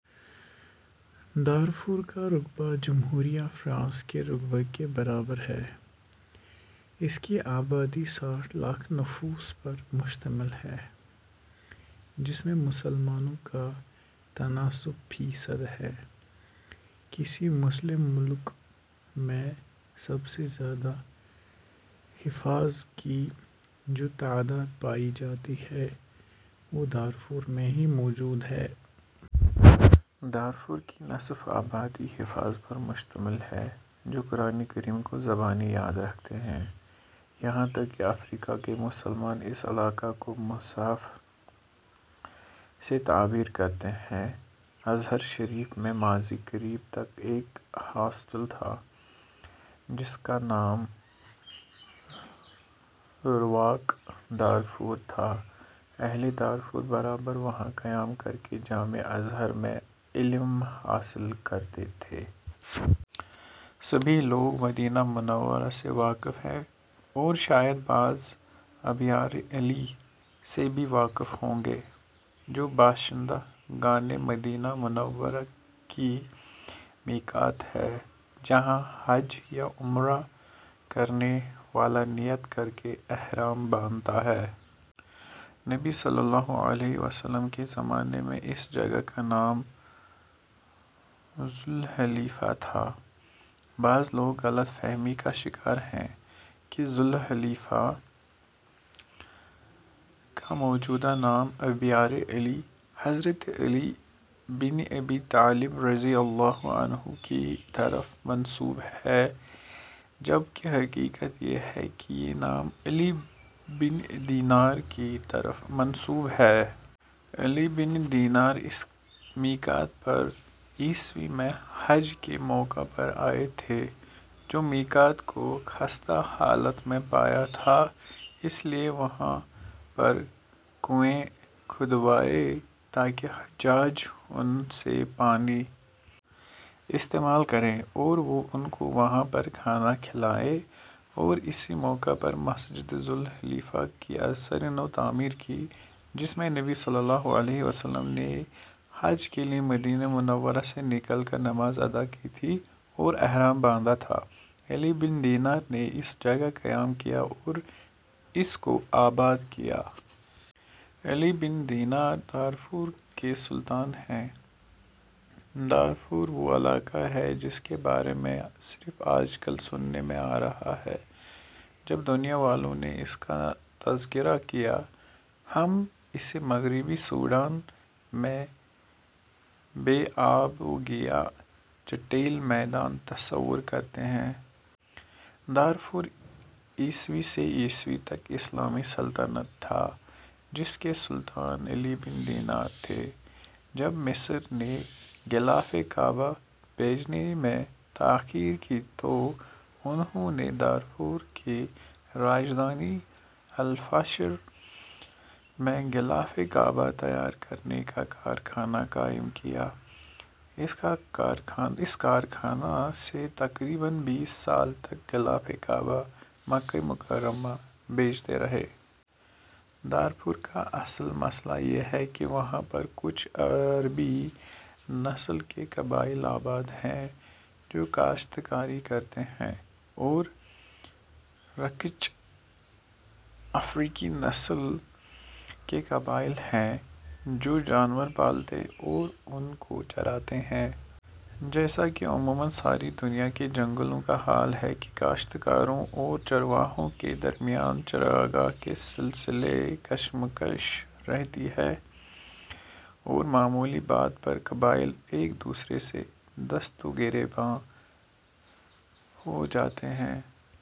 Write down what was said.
Darfur کا رقبہ جمہوریہ فرانس کے رقبہ کے برابر ہے، اس کی آبادی ساٹھ لاکھ نفوس پر مشتمل ہے، جس میں مسلمانوں کا تناسب فی صد ہے۔ کسی مسلم ملک میں سب سے زیادہ حفاظ کی جو تعداد پائی جاتی ہے وہ دارفور میں ہی موجود ہے۔ دارفور کی نصف آبادی حفاظ پر مشتمل ہے جو قرآنِ کریم کو زبانی یاد رکھتے ہیں، یہاں تک کہ افریقا کے مسلمان اس علاقہ کو " مصحف " سے تعبیر کرتے ہیں۔ ازہر شریف میں ماضی قریب تک ایک ہاسٹل تھا جس کا نام " رواق دارفور " تھا، اہلِ دارفور برابر وہاں قیام کرکے جامعہ ازہر میں علم حاصل کرتے تھے۔ سبھی لوگ مدینہ منورہ سے واقف ہیں اور شاید بعض " ابیارِ علی " سے بھی واقف ہوں گے جو باشند گانِ مدینہ منورہ کی میقات ہے جہاں حج یا عمرہ کرنے والا نیت کرکے احرام باندھتا ہے۔ نبی صلی الله علیہ وسلم کے زمانے میں اس جگہ کا نام ذوالحلیفہ تھا بعض لوگ غلط فہمی کا شکار ہیں کہ ذوالحلیفہ کا موجودہ نام " ابیارِ علی " حضرت علی بن ابی طالب رضی الله عنہ کی طرف منسوب ہے جب کہ حقیقت یہ ہے کہ یہ نام علی بن دینار کی طرف منسوب ہے۔ علی بن دینار اس میقات پر ء میں حج کے موقع پر آئے تھے تو میقات کو خستہ حالت میں پایا تھا، اس لیے وہاں پر کنویں کھدوائے تاکہ حجاج ان سے پانی استعمال کریں اور وہ ان کو وہاں پر کھانا کھلائیں اور اسی موقع پر مسجد ذوالحلیفہ کی ازسرِ نو تعمیر کی، جس میں نبی صلی الله علیہ وسلم نے حج کے لیے مدینہ منورہ سے نکل کر نماز ادا کی تھی اور احرام باندھا تھا، علی بن دینار نے اس جگہ قیام کیا اور اس کو آباد کیا۔ علی بن دینار دارفور کے سلطان ہیں، دارفور وہ علاقہ ہے جس کے بارے میں صرف آج کل سننے میں آ رہا ہے، جب دنیا والوں نے اس کا تذکرہ کیا، ہم اسے مغربی سوڈان میں بے آب وگیاہ چٹیل میدان تصو رکرتے ہیں۔ دارفور ء سے ء تک اسلامی سلطنت تھا، جس کے سلطان علی بن دینار تھے۔ جب مصر نے غلافِ کعبہ بھیجنے میں تاخیر کی تو انھوں نے دارفور کی راجدھانی الفاشر میں غلاف کعبہ تیار کرنے کا کارخانہ قائم کیا، اس کارخانہ سے تقریباً بیس سال تک غلاف کعبہ مکہ مکرمہ بھیجتے رہے۔ دارفور کا اصل مسئلہ یہ ہے کہ وہاں پر کچھ عربی نسل کے قبائل آباد ہیں جو کاشت کاری کرتے ہیں او رکچھ افریقی نسل کے قبائل ہیں جو جانور پالتے اور ان کوچراتے ہیں۔ جیسا کہ عموماً ساری دنیا کے جنگلوں کا حال ہے کہ کاشت کاروں اورچرواہوں کے درمیان چراگاہ کے سلسلے کشمکش رہتی ہے اور معمولی بات پر قبائل ایک دوسرے سے دست وگربیاں ہو جاتے ہیں۔